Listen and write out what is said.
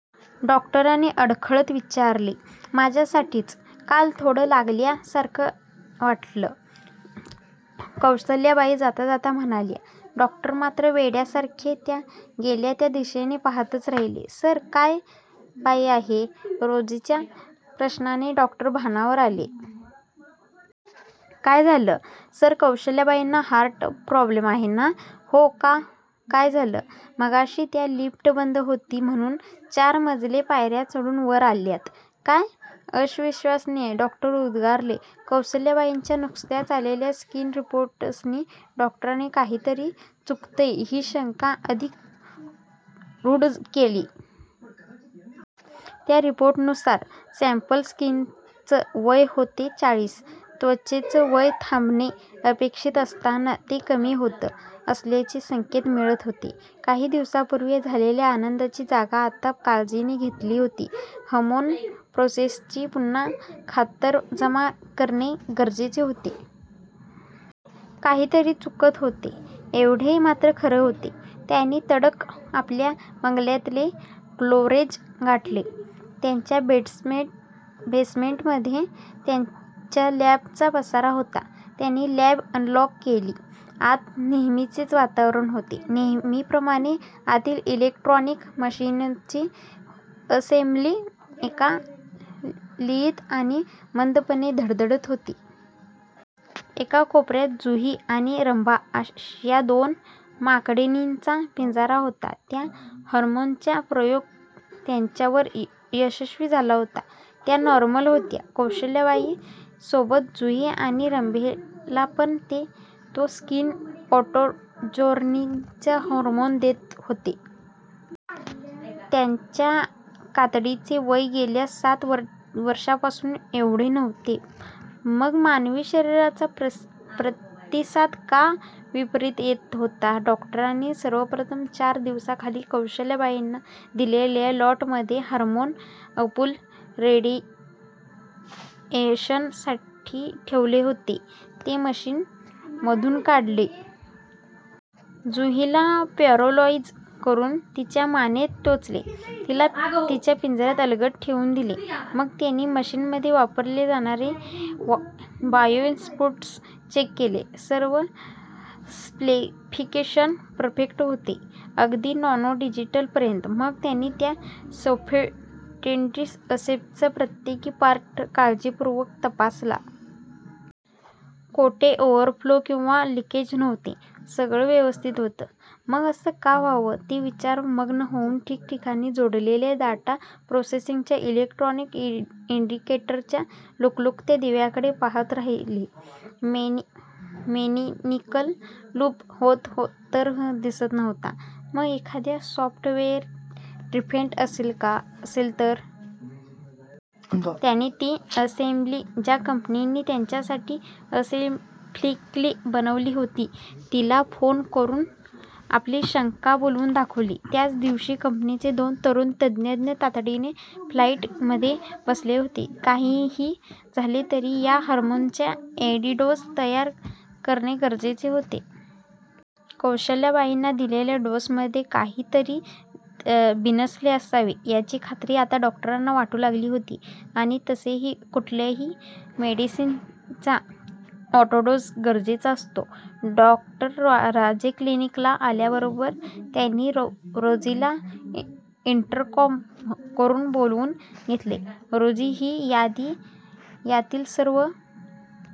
डॉक्टरांनी अडखळत विचारले. माझ्या साठीच! काल थोडं लागल्या सारखं वाटलं! कौसल्याबाई जाताजाता म्हणाल्या. डॉक्टर मात्र वेड्या सारखे त्या गेल्या त्या दिशेला पहातच राहिले! "सर, काय बाई आहे? " रोजीच्या प्रश्नाने डॉक्टर भानावर आले. काय झालं? "सर, कौशल्याबाईंना हार्ट प्रॉब्लेम आहे ना? " "हो. काय झालं? " मघाशी त्या, लिफ्ट बंद होती म्हणून चार मजले पायऱ्याचढून वर आल्यात! "काय? " अविश्वासाने डॉक्टर उद्गारले. कौसल्याबाईंच्या नुकत्याच आलेल्या स्किन रिपोर्टसनी डॉक्टरांची 'काहीतरी चुकतंय,' हि शंका अधिक दृढ केली. त्या रिपोर्ट नुसार सॅम्पल स्कीनचं वय होते चाळीस! त्वचेचं वय थांबणे अपेक्षित असताना, ते कमी होत असल्याचे संकेत मिळत होते! काही दिवसापूर्वी झालेल्या आनंदाची जागा आता काळजीने घेतली होती. हार्मोन प्रोसेसची पुन्हा खातरजमा करणे गरजेचे होते. काहीतरी चुकत होते एव्हडे मात्र खरे होते. त्यांनी तडक आपल्या बंगल्यातले ग्यारेज गाठले. त्याच्या बेसमेंट मध्ये त्यांच्या लॅबचा पसारा होता. त्यांनी लॅब अनलॉक केली. आत नेहमीचेच वातावरण होते. नेहमी प्रमाणे, आतील इलेकट्रोनिक्स मशीनरीची असेंब्ली एका लयीत आणि मंदपणे धडधडत होती. एका कोपऱ्यात 'जुही ' आणि 'रंभा ' या दोन माकडिणीनचा पिंजरा होता. त्या हार्मोनचा प्रयोग त्यांच्यावर यशस्वी झाला होता. त्या नॉर्मल होत्या. कौसल्याबाईन सोबत जुही आणि रंभेला पण ते तो स्किन अँटीएजिंगचे हार्मोन देत होते. त्यांच्या कातडीचे वय गेल्या सात वर्षांपासून वाढले नव्हते. मग मानवी शरीराचा प्रतिसाद का विपरीत येत होता? डॉक्टरांनी सर्वप्रथम चार दिवसाखाली कौसल्याबाईंना दिलेल्या लॉटमधले हार्मोन अंपुल रेडिएशन साठी ठेवले होते, ते मशीन मधून काढले. 'जुही'ला पॅरोलाईज करून, तिच्या मानेत टोचले. तिला तिच्या पिंजऱ्यात अलगद ठेवून दिले. मग त्यांनी मशीनमध्ये वापरले जाणारे, बायोइन्पुट्स चेक केले. सर्व स्पेसिफिकेशन परफेक्ट होते, अगदी नॅनो डिजिट पर्यंत! मग त्यांनी त्या सोफिस्टिकेटेड असेंब्लीच प्रत्येक पार्ट काळजी पूर्वक तपासला. कोठे ओव्हरफ्लो किंवा लिकेज नव्हते. सगळंच व्यवस्थित होत. मग असं का व्हावं? ते विचार मग्न होऊन ठिकठिकाणी जोडलेल्या डाटा प्रोसेसिंगच्या इलेकट्रोनिस इंडिकेटरच्या लुकलुकत्या दिव्यांकडे पहात राहिले. मेकॅनिकल लूप होत तर दिसत नव्हता, पण एखादा सॉफ्टवेयर डिफेक्ट असेल तर? त्यांनी ती असेम्ब्ली, ज्या कंपनीने त्यांच्या साठी स्पेसिफिकली बनवली होती, तिला फोन करून आपली शंका बोलून दाखवली. त्याच दिवशी कंपनीचे दोन तरुण तंत्रज्ञ तातडीने फ्लाईट मध्ये बसले होते. काही हि झाले तरी या हार्मोनचा ऍंटीडोस तयार करणे गरजेचे होते. कौसल्याबाईंना दिलेल्या डोसमध्ये काही तरी बिनसले असावे याची खात्री आता डॉक्टरांना वाटू लागली होती आणि तसेही कुठल्याही मेडिसिनचा अँटीडोस गरजेचा असतो. डॉ. राजे क्लिनिकला आल्याबरोबर त्यांनी रोजीला इंटरकॉम करून बोलावून घेतले. रोजी, हि यादी. यातील सर्व